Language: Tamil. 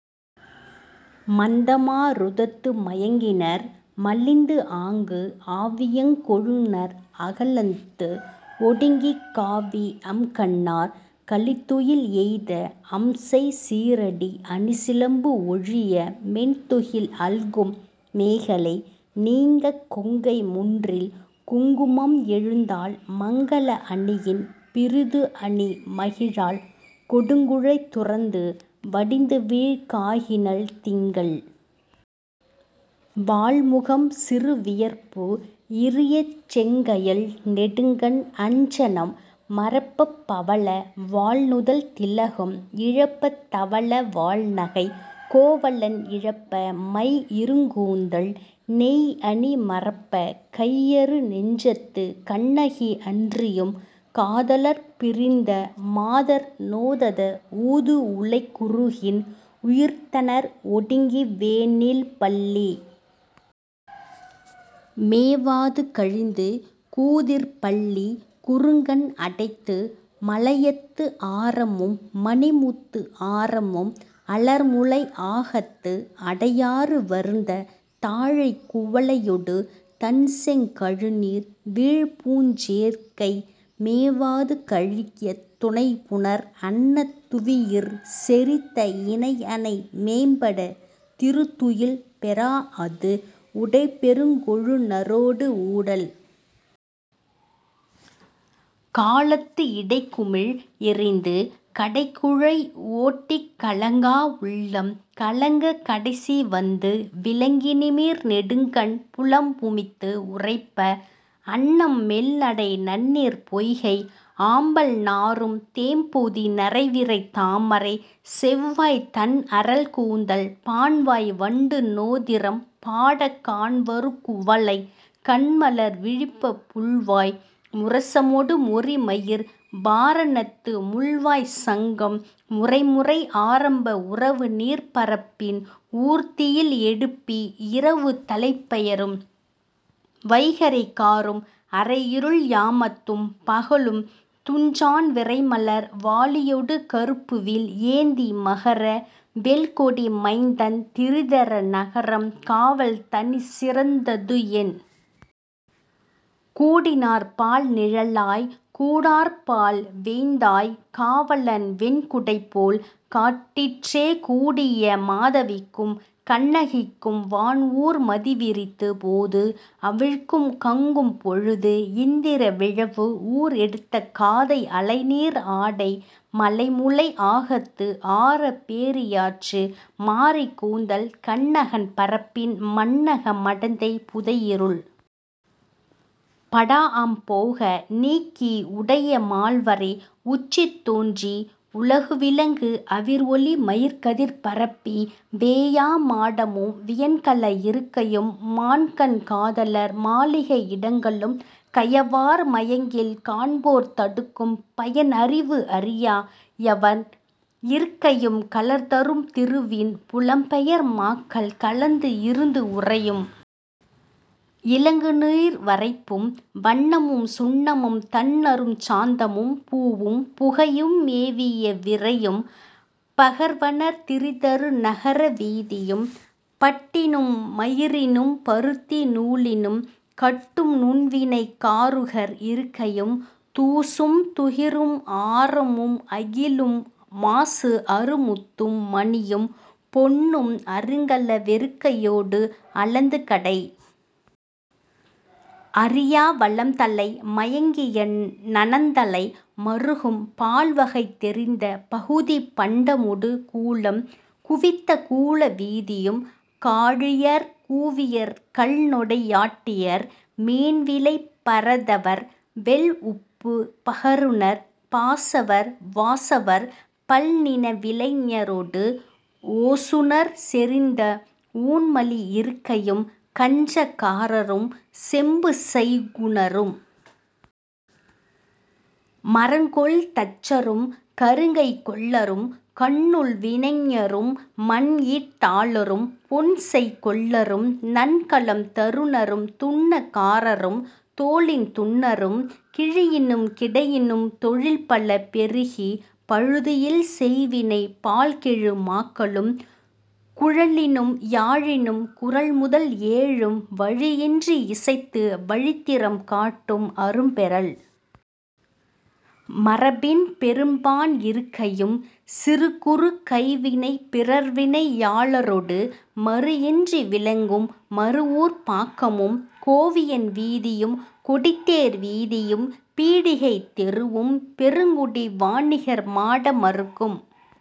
மந்தமா ருதத்து மயங்கினர் மலிந்துஆங்கு ஆவியங் கொழுநர் அகலத்து ஒடுங்கிக் காவிஅம் கண்ணார் களித்துயில் எய்த அம்செய் சீறடி அணிசிலம்பு ஒழிய மென்துகில் அல்குல் மேகலை நீங்கக் கொங்கை முன்றில் குங்குமம் எழுதாள் மங்கல அணியின் பிறிதுஅணி மகிழாள் கொடுங்குழை துறந்து வடிந்துவீழ் காதினள் திங்கள் வாள்முகம் சிறுவியர்ப்பு இரியச் செங்கயல் நெடுங்கண் அஞ்சனம் மறப்பப் பவள வாள்நுதல் திலகம் இழப்பத் தவள வாள்நகை கோவலன் இழப்ப மைஇருங் கூந்தல் நெய்அணி மறப்பக் கையறு நெஞ்சத்துக் கண்ணகி அன்றியும், காதலர்ப் பிரிந்த மாதர் நோதக ஊதுஉலைக் குருகின் உயிர்த்தனர் ஒடுங்கி வேனில் பள்ளி மேவாது கழிந்து கூதிர்ப் பள்ளிக் குறுங்கண் அடைத்து மலயத்து ஆரமும் மணிமுத்து ஆரமும் அலர்முலை ஆகத்து அடையாது வருந்தத் தாழிக் குவளையொடு தண்செங் கழுநீர் வீழ்பூஞ் சேக்கை மேவாது கழியத் துணைபுணர் அன்னத் து஡வியிற் செறித்த இணைஅணை மேம்படத் திருந்துதுயில் பெறாஅது உடைப்பெருங் கொழுநரோடு ஊடல் காலத்து இடைக்குமிழ் எறிந்து கடைக்குழை ஓட்டிக் கலங்கா உள்ளம் கலங்கக் கடைசிவந்து விலங்கிநிமிர் நெடுங்கண் புலம்புமுத்து உறைப்ப, அன்னம் மெல்நடை நன்னீர்ப் பொய்கை ஆம்பல் நாறும் தேம்பொதி நறுவிரைத் தாமரைச் செவ்வாய்த் தண்அறல் கூந்தல் பாண்வாய் வண்டு நோதிறம் பாடக் காண்வரு குவளைக் கண்மலர் விழிப்பப் புள்வாய் முரசமொடு பொறிமயிர் வாரணத்து முள்வாய்ச் சங்கம் முறைமுறை ஆர்ப்ப உரவுநீர்ப் பரப்பின் ஊர்த்துயில் எடுப்பி இரவுத் தலைப்பெயரும் வைகறை காறும் அரைஇருள் யாமத்தும் பகலும் துஞ்சான் விரைமலர் வாளியொடு கருப்புவில் ஏந்தி மகர வெல்கொடி மைந்தன் திரிதர நகரம் காவல் நனிசிறந் ததுஎன். கூடினார் பால்நிழலாய்க் கூடார்ப்பால் வெய்தாய்க் காவலன் வெண்குடைபோல் காட்டிற்றே கூடிய மாதவிக்கும் கண்ணகிக்கும் வான்ஊர் மதிவிரிந்து போதுஅவிழ்க்கும் கங்குல் பொழுது.. இந்திர விழவு ஊர் எடுத்த காதை அலைநீர் ஆடை மலைமுலை ஆகத்து ஆரப் பேரியாற்று மாரிக் கூந்தல் கண்அகன் பரப்பின் மண்ணக மடந்தை புதைஇருள் படாஅம் போக நீக்கி உடைய மால்வரை உச்சித் தோன்றி உலகுவிளங்கு அவிர்ஒளி மலர்கதிர் பரப்பி, வேயா மாடமும், வியன்கல இருக்கையும், மான்கண் காதலர் மாளிகை இடங்களும், கயவாய் மருங்கில் காண்போர்த் தடுக்கும் பயன்அறிவு அறியா யவனர் இருக்கையும், கலம்தரு திருவின் புலம்பெயர் மாக்கள் கலந்துஇருந்து உறையும் இலங்குநீர் வரைப்பும், வண்ணமும் சுண்ணமும் தண்நறுஞ் சாந்தமும் பூவும் புகையும் மேவிய விரையும் பகர்வனர் திரிதரு நகர வீதியும், பட்டினும் மயிரினும் பருத்தி நூலினும் கட்டும் நுண்வினைக் காருகர் இருக்கையும், தூசும் துகிரும் ஆரமும் அகிலும் மாசுஅறு முத்தும் மணியும் பொன்னும் அருங்கல வெறுக்கையோடு அளந்துகடை அறியா வளம்தலை மயங்கிய நனந்தலை மறுகும், பால்வகை தெரிந்த பகுதிப் பண்டமொடு கூலம் குவித்த கூல வீதியும், காழியர் கூவியர் கள்நொடை யாட்டியர் மீன்விலைப் பரதவர் வெள்உப்புப் பகருநர் பாசவர் வாசவர் பல்நிண விலைஞரொடு ஓசுநர் செறிந்த ஊன்மலி இருக்கையும், கஞ்ச காரரும் செம்புசெய் குநரும் மரங்கொல் தச்சரும் கருங்கைக் கொல்லரும் கண்ணுள் வினைஞரும் மண்ஈட் டாளரும் பொன்செய் கொல்லரும் நன்கலம் தருநரும் துன்ன காரரும் தோலின் துன்னரும் கிழியினும் கிடையினும் தொழில்பல பெருக்கிப் பழுதுஇல் செய்வினைப் பால்கெழு மாக்களும் குழலினும் யாழினும் குரல்முதல் ஏழும் வழுஇன்றி இசைத்து வழித்திறம் காட்டும் அரும்பெறல் மரபின் பெரும்பாண் இருக்கையும், சிறுகுறுங் கைவினைப் பிறர்வினை யாளரொடு மறுஇன்றி விளங்கும் மருவூர்ப் பாக்கமும், கோவியன் வீதியும், கொடித்தேர் வீதியும், பீடிகைத் தெருவும், பெருங்குடி வாணிகர் மாட மறுகும்,